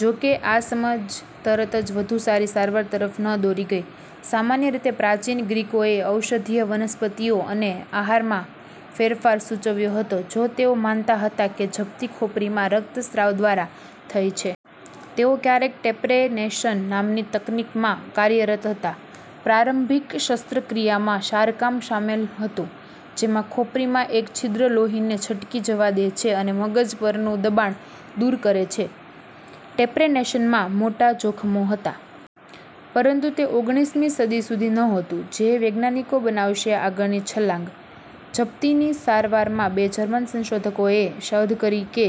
જો કે, આ સમજ તરતજ વધુ સારી સારવાર તરફ ન દોરી ગઈ. સામાન્ય રીતે, પ્રાચીન ગ્રીકોએ ઔષધીય વનસ્પતિઓ અને આહારમાં ફેરફાર, સૂચવ્યો હતો. જો તેઓ માનતા હતા કે જપ્તી ખોપરીમાં રક્તસ્રાવ દ્વારા થઈ છે. તેઓ ક્યારેક ટ્રેપેનેશન નામની તકનીક માં કાર્યરત હતા. પ્રારંભિક શસ્ત્રક્રિયામાં, શારકામ શામેલ હતું, જેમાં ખોપરીમાં એક છિદ્ર લોહીને છટકી જવા દે છે અને મગજ પરનું દબાણ દૂર કરે છે. ટ્રેપેનેશનમાં... મોટા જોખમો હતા. પરંતુ તે ઓગણીસમી સદી સુધી નહોતું, જે વૈજ્ઞાનિકો બનાવશે આગળની છલાંગ. જપ્તીની સારવારમાં, બે જર્મન સંશોધકોએ શોધ કરી જે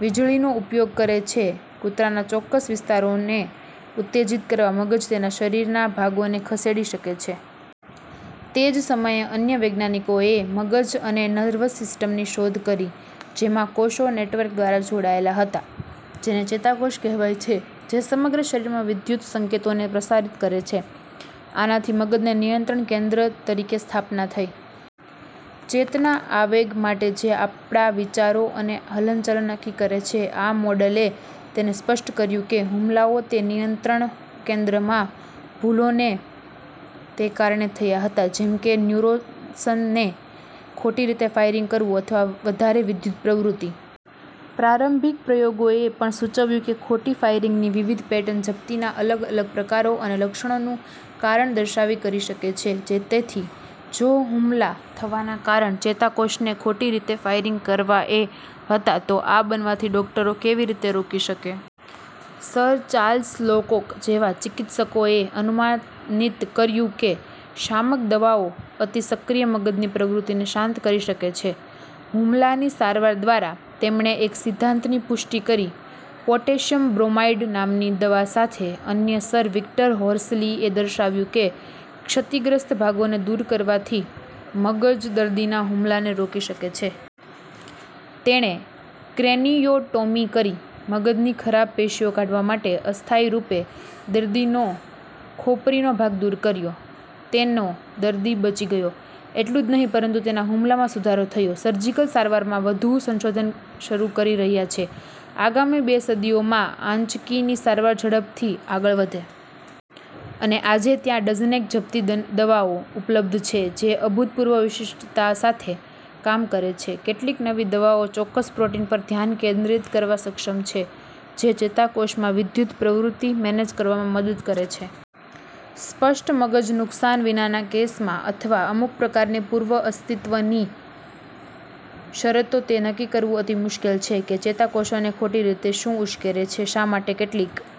વીજળીનો ઉપયોગ કરે છે. કૂતરાના ચોક્કસ વિસ્તારોને ઉત્તેજીત કરવા મગજ તેના શરીરના ભાગોને ખસેડી શકે છે. તે જ સમયે, અન્ય વૈજ્ઞાનિકોએ મગજ અને નર્વસ સિસ્ટમની શોધ કરી જેમાં કોષો નેટવર્ક દ્વારા જોડાયેલા હતા, જેને ચેતાકોષ કહેવાય છે, જે સમગ્ર શરીરમાં વિદ્યુત સંકેતોને પ્રસારિત કરે છે. આનાથી મગજને નિયંત્રણ કેન્દ્ર તરીકે સ્થાપના થઈ. ચેતના આવેગ માટે જે આપણા વિચારો અને હલનચલન નક્કી કરે છે. આ મોડેલે તેને સ્પષ્ટ કર્યુંકે હુમલાઓ તે નિયંત્રણ કેન્દ્રમાં, ભૂલોને તે કારણે થયા હતા, જેમ કે ન્યુરોન્સને ખોટી રીતે ફાયરિંગ કરવું અથવા વધારે વિદ્યુત પ્રવૃત્તિ. પ્રારંભિક પ્રયોગોએ પણ સૂચવ્યુ કે ખોટી ફાયરિંગની વિવિધ પેટર્ન જપ્તીના અલગ અલગ પ્રકારો અને લક્ષણોનું કારણ દર્શાવી કરી શકે છે, તેથી જો હુમલા થવાના કારણ ચેતાકોષને ખોટી રીતે ફાયરિંગ કરવા એ હતા, તો આ બનવાથી ડોકટરો કેવી રીતે રોકી શકે? સર ચાર્લ્સ લોકોક જેવા ચિકિત્સકોએ અનુમાનિત કર્યુંકે શામક દવાઓ અતિ સક્રિય મગજની પ્રવૃત્તિને શાંત કરી શકે છે, હુમલાની સારવાર દ્વારા તેમણે એક સિદ્ધાંત ની પુષ્ટિ કરી પોટેશિયમ બ્રોમાઇડ। નામની દવા સાથે. અન્ય, સર વિક્ટર હોર્સલી એ દર્શાવ્યું કે ક્ષતિગ્રસ્ત ભાગોને દૂર કરવાથી મગજ દર્દીના હુમલાને રોકી શકે છે. તેણે ક્રેનિયોટોમી કરી, મગજની ખરાબ પેશીઓ કાઢવા માટે, અસ્થાયી રૂપે દર્દીનો ખોપરી નો ભાગ દૂર કર્યો. તેનો દર્દી બચી ગયો, એટલું જ નહીં પરંતુ તેના હુમલામાં સુધારો થયો, સર્જિકલ સારવારમાં, વધુ સંશોધન શરૂ કરી રહ્યા છે આગામી બે સદીઓમાં, આંચકી ની સારવાર ઝડપથી આગળ વધે. અને આજે, ત્યાં ડઝનેક જપ્તી દવાઓ ઉપલબ્ધ છે જે અભૂતપૂર્વ વિશિષ્ટતા સાથે કામ કરે છે. કેટલીક નવી દવાઓ ચોક્કસ પ્રોટીન પર ધ્યાન કેન્દ્રિત કરવા સક્ષમ છે, જે ચેતાકોષમાં વિદ્યુત પ્રવૃત્તિ મેનેજ કરવામાં મદદ કરે છે. સ્પષ્ટ મગજ નુકસાન વિનાના કેસમાં અથવા અમુક પ્રકારની પૂર્વ-અસ્તિત્વની શરતો, તે નક્કી કરવું અતિ મુશ્કેલ છે કે ચેતાકોષોને ખોટી રીતે શું ઉશ્કેરે છે. શા માટે કેટલીક